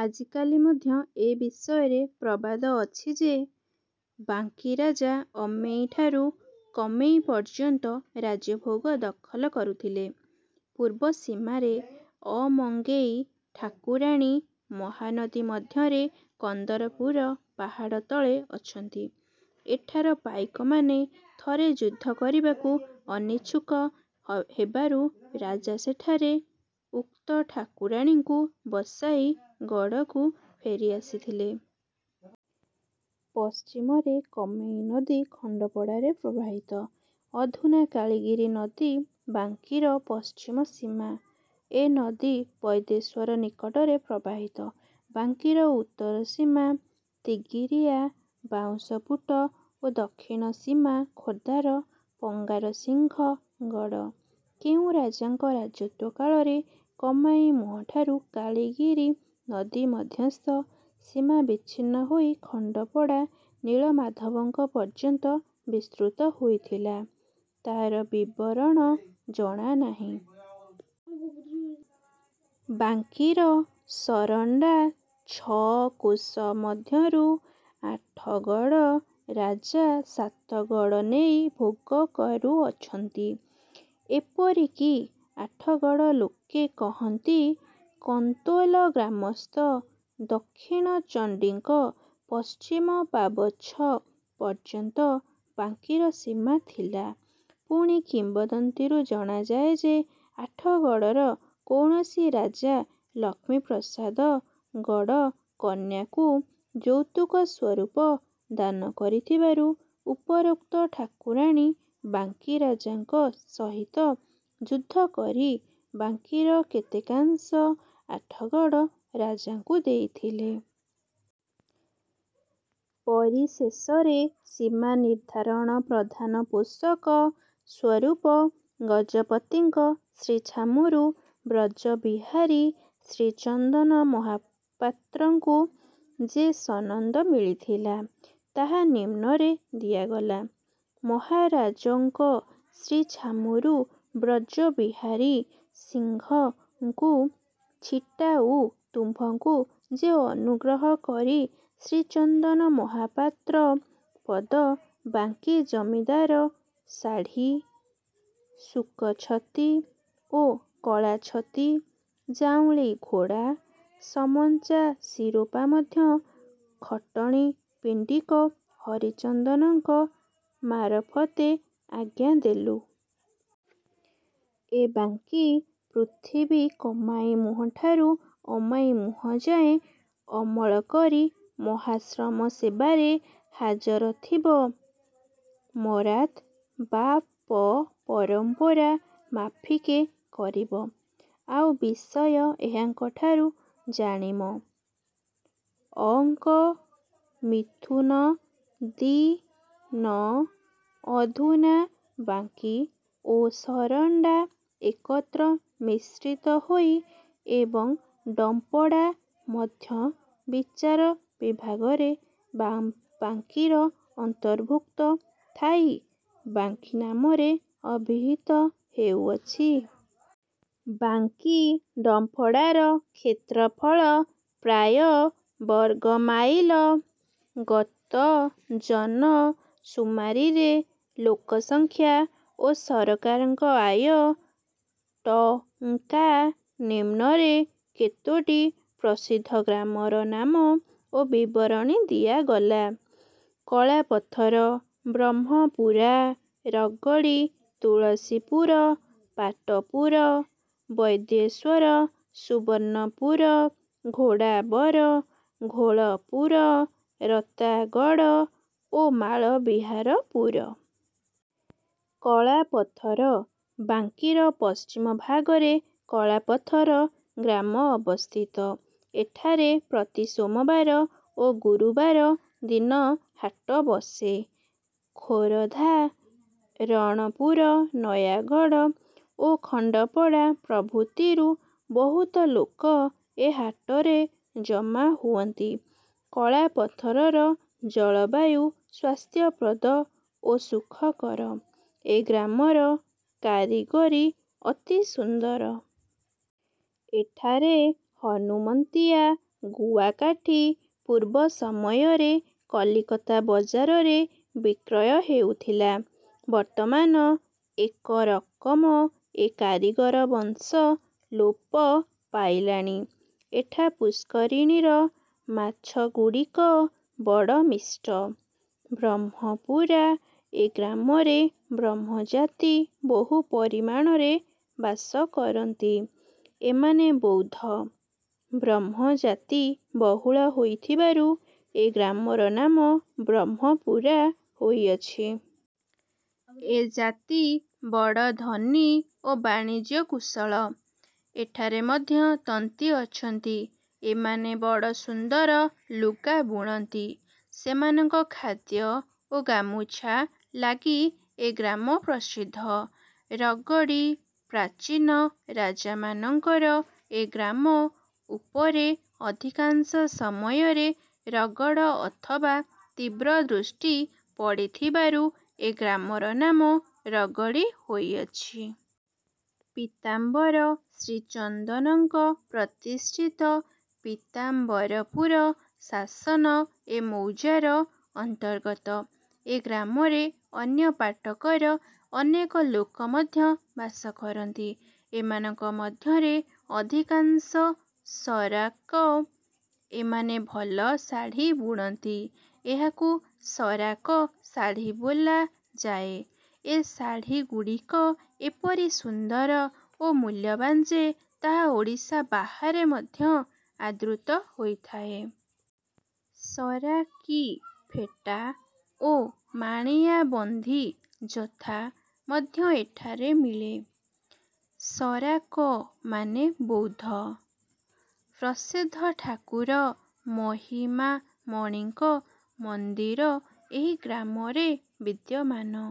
ଆଜିକାଲି ମଧ୍ୟ ଏ ବିଷୟରେ ପ୍ରବାଦ ଅଛି ଯେ, ବାଙ୍କୀରାଜା ଅମେଇଁଠାରୁ କମେଇଁ ପର୍ଯ୍ୟନ୍ତ ରାଜ୍ୟ ଭୋଗ ଦଖଲ କରୁଥିଲେ। ପୂର୍ବ ସୀମାରେ ଅମଙ୍ଗେଇ ଠାକୁରାଣୀ ମହାନଦୀ ମଧ୍ୟରେ କନ୍ଦରପୁର ପାହାଡ଼ ତଳେ ଅଛନ୍ତି। ଏଠାର ପାଇକମାନେ ଥରେ ଯୁଦ୍ଧ କରିବାକୁ ଅନିଚ୍ଛୁକ ହେବାରୁ ରାଜା ସେଠାରେ ଉକ୍ତ ଠାକୁରାଣୀଙ୍କୁ ବସାଇ ଗଡ଼କୁ ଫେରି ଆସିଥିଲେ। ପଶ୍ଚିମରେ କମେଇଁ ନଦୀ ଖଣ୍ଡପଡ଼ାରେ ପ୍ରବାହିତ। ଅଧୁନା କାଳିଗିରି ନଦୀ ବାଙ୍କୀର ପଶ୍ଚିମ ସୀମା। ଏ ନଦୀ ବୈଦ୍ୟେଶ୍ଵର ନିକଟରେ ପ୍ରବାହିତ। ବାଙ୍କୀର ଉତ୍ତର ସୀମା ତିଗିରିଆର ବାଉଁଶପୁଟ ଓ ଦକ୍ଷିଣ ସୀମା ଖୋର୍ଦ୍ଧାର ପଙ୍ଗାରସିଂହ ଗଡ଼। କେଉଁ ରାଜାଙ୍କ ରାଜତ୍ୱ କାଳରେ କମାଇଁ ମୁହଁଠାରୁ କାଳିଗିରି ନଦୀ ମଧ୍ୟସ୍ଥ ସୀମା ବିଚ୍ଛିନ୍ନ ହୋଇ ଖଣ୍ଡପଡ଼ା ନୀଳମାଧବଙ୍କ ପର୍ଯ୍ୟନ୍ତ ବିସ୍ତୃତ ହୋଇଥିଲା, ତା'ର ବିବରଣ ଜଣା ନାହିଁ। ବାଙ୍କୀର ସରଣ୍ଡା ଛଅ କୋଶ ମଧ୍ୟରୁ ଆଠଗଡ଼ ରାଜା ସାତଗଡ଼ ନେଇ ଭୋଗ କରୁଅଛନ୍ତି। ଏପରି କି ଆଠଗଡ଼ ଲୋକେ କହନ୍ତି−କନ୍ତୋଲ ଗ୍ରାମସ୍ଥ ଦକ୍ଷିଣ ଚଣ୍ଡୀଙ୍କ ପଶ୍ଚିମ ପାବଚ୍ଛ ପର୍ଯ୍ୟନ୍ତ ବାଙ୍କୀର ସୀମା ଥିଲା। ପୁଣି କିମ୍ବଦନ୍ତୀରୁ ଜଣାଯାଏ ଯେ, ଆଠଗଡ଼ର କୌଣସି ରାଜା ଲକ୍ଷ୍ମୀ ପ୍ରସାଦ ଗଡ଼ କନ୍ୟାକୁ ଯୌତୁକ ସ୍ୱରୂପ ଦାନ କରିଥିବାରୁ, ଉପରୋକ୍ତ ଠାକୁରାଣୀ ବାଙ୍କୀ ରାଜାଙ୍କ ସହିତ ଯୁଦ୍ଧ କରି ବାଙ୍କୀର କେତେକାଂଶ ଆଠଗଡ଼ ରାଜାଙ୍କୁ ଦେଇଥିଲେ। ପରିଶେଷରେ ସୀମା ନିର୍ଦ୍ଧାରଣର ପ୍ରଧାନ ପୋଷକ ସ୍ୱରୂପ ଗଜପତିଙ୍କ ଶ୍ରୀଛାମୁରୁ ବ୍ରଜବିହାରୀ ଶ୍ରୀଚନ୍ଦନ ମହାପାତ୍ରଙ୍କୁ ଯେ ସନନ୍ଦ ମିଳିଥିଲା, ତାହା ନିମ୍ନରେ ଦିଆଗଲା- ମହାରାଜଙ୍କ ଶ୍ରୀଛାମୁରୁ ବ୍ରଜବିହାରୀ ସିଂହଙ୍କୁ ଚିଟାଉ ତୁମ୍ଭଙ୍କୁ ଯେ ଅନୁଗ୍ରହ କରି ଶ୍ରୀଚନ୍ଦନ ମହାପାତ୍ର ପଦ, ବାଙ୍କୀ ଜମିଦାର ଶାଢ଼ି, ଶୁକ ଛତି ଓ କଳା ଛତି, ଯାଉଁଳି ଘୋଡ଼ା, ସମଞ୍ଚା ଶିରୋପା ମଧ୍ୟ ଖଟଣୀ ପିଣ୍ଡିକ ହରିଚନ୍ଦନଙ୍କ ମାରଫତେ ଆଜ୍ଞା ଦେଲୁ। ଏ ବାଙ୍କୀ ପୃଥିବୀ କମାଇଁ ମୁହଁଠାରୁ ଅମାଇଁ ମୁହଁଯାଏ ଅମଳ କରି ମହାଶ୍ରମ ସେବାରେ ହାଜରଥିବ। ମରାତ୍ ବାପ ପରମ୍ପରା ମାଫିକେ କରିବ। ଆଉ ବିଷୟ ଏହାଙ୍କଠାରୁ ଜାଣିମ। "ଅ ଙ୍କ ମିଥୁନ ଦି ନ'' ଅଧୁନା ବାଙ୍କୀ ଓ ସରଣ୍ଡା ଏକତ୍ର ମିଶ୍ରିତ ହୋଇ ଏବଂ ଡମ୍ପଡ଼ା ମଧ୍ୟ ବିଚାର ବିଭାଗରେ ବାଙ୍କୀର ଅନ୍ତର୍ଭୁକ୍ତ ଥାଇ ବାଙ୍କୀ ନାମରେ ଅଭିହିତ ହେଉଅଛି। ବାଙ୍କୀ ଡମ୍ଫଡ଼ାର କ୍ଷେତ୍ରଫଳ ପ୍ରାୟ ବର୍ଗ ମାଇଲ; ଗତ ଜନ−ସୁମାରୀରେ ଲୋକସଂଖ୍ୟା ଓ ସରକାରଙ୍କ ଆୟ ଟ. ଙ୍କା। ନିମ୍ନରେ କେତୋଟି ପ୍ରସିଦ୍ଧ ଗ୍ରାମର ନାମ ଓ ବିବରଣ ଦିଆଗଲା। କଳାପଥର, ବ୍ରହ୍ମପୁରା, ରଗଡ଼ୀ, ତୁଳସୀପୁର, ପାଟପୁର, ବୈଦ୍ୟେଶ୍ଵର, ସୁବର୍ଣ୍ଣପୁର, ଘୋଡ଼ାବର, ଘୋଳପୁର, ରତାଗଡ଼ ଓ ମାଳବିହାରପୁର। କଳାପଥର- ବାଙ୍କୀର ପଶ୍ଚିମ ଭାଗରେ କଳାପଥର ଗ୍ରାମ ଅବସ୍ଥିତ। ଏଠାରେ ପ୍ରତି ସୋମବାର ଓ ଗୁରୁବାର ଦିନ ହାଟ ବସେ। ଖୋରଧା, ରଣପୁର, ନୟାଗଡ଼ ଓ ଖଣ୍ଡପଡ଼ା ପ୍ରଭୃତିରୁ ବହୁତ ଲୋକ ଏ ହାଟରେ ଜମା ହୁଅନ୍ତି। କଳାପଥରର ଜଳବାୟୁ ସ୍ୱାସ୍ଥ୍ୟପ୍ରଦ ଓ ସୁଖକର। ଏ ଗ୍ରାମର କାରିଗରି ଅତି ସୁନ୍ଦର। ଏଠାରେ ହନୁମନ୍ତିଆ ଗୁଆକାଠି ପୂର୍ବ ସମୟରେ କଲିକତା ବଜାରରେ ବିକ୍ରୟ ହେଉଥିଲା। ବର୍ତ୍ତମାନ ଏକ ରକମ ଏ କାରିଗର ବଂଶ ଲୋପ ପାଇଲାଣି। ଏଠା ପୁଷ୍କରିଣୀର ମାଛଗୁଡ଼ିକ ବଡ଼ ମିଷ୍ଟ। ବ୍ରହ୍ମପୁରା- ଏ ଗ୍ରାମରେ ବ୍ରହ୍ମଜାତି ବହୁ ପରିମାଣରେ ବାସ କରନ୍ତି। ଏମାନେ ବୌଦ୍ଧ। ବ୍ରହ୍ମଜାତି ବହୁଳ ହୋଇଥିବାରୁ ଏ ଗ୍ରାମର ନାମ ବ୍ରହ୍ମପୁରା ହୋଇଅଛି। ଏ ଜାତି ବଡ଼ ଧନୀ ଓ ବାଣିଜ୍ୟ-କୁଶଳ। ଏଠାରେ ମଧ୍ୟ ତନ୍ତୀ ଅଛନ୍ତି। ଏମାନେ ବଡ଼ ସୁନ୍ଦର ଲୁଗା ବୁଣନ୍ତି। ସେମାନଙ୍କ ଖାଦ୍ୟ ଓ ଗାମୁଛା ଲାଗି ଏ ଗ୍ରାମ ପ୍ରସିଦ୍ଧ। ରଗଡ଼ୀ- ପ୍ରାଚୀନ ରାଜାମାନଙ୍କର ଏ ଗ୍ରାମ ଉପରେ ଅଧିକାଂଶ ସମୟରେ ରଗଡ଼ ଅଥବା ତୀବ୍ର ଦୃଷ୍ଟି ପଡ଼ୁଥିବାରୁ ଏ ଗ୍ରାମର ନାମ ରଗଡ଼ୀ ହୋଇଅଛି। ପୀତାମ୍ବର ଶ୍ରୀଚନ୍ଦନଙ୍କ ପ୍ରତିଷ୍ଠିତ ପୀତାମ୍ବରପୁର ଶାସନ ଏ ମୌଜାର ଅନ୍ତର୍ଗତ। ଏ ଗ୍ରାମରେ ଅନ୍ୟ ପାଟକର ଅନେକ ଲୋକ ମଧ୍ୟ ବାସ କରନ୍ତି। ଏମାନଙ୍କ ମଧ୍ୟରେ ଅଧିକାଂଶ ସରାକ। ଏମାନେ ଭଲ ଶାଢ଼ି ବୁଣନ୍ତି। ଏହାକୁ ସରାକ ଶାଢ଼ି ବୋଲାଯାଏ। ଏ ଶାଢ଼ିଗୁଡ଼ିକ ଏପରି ସୁନ୍ଦର ଓ ମୁଲ୍ୟବାନ୍ ଯେ, ତାହା ଓଡ଼ିଶା ବାହାରେ ମଧ୍ୟ ଆଦୃତ ହୋଇଥାଏ। ସରାକୀ ଫେଟା ଓ ମାଣିଆବନ୍ଧୀ ଯଥା ମଧ୍ୟ ଏଠାରେ ମିଳେ-। ସରାକମାନେ ବୌଦ୍ଧ। ପ୍ରସିଦ୍ଧ ଠାକୁର ମହିମାମଣିଙ୍କ ମନ୍ଦିର ଏହି ଗ୍ରାମରେ ବିଦ୍ୟମାନ।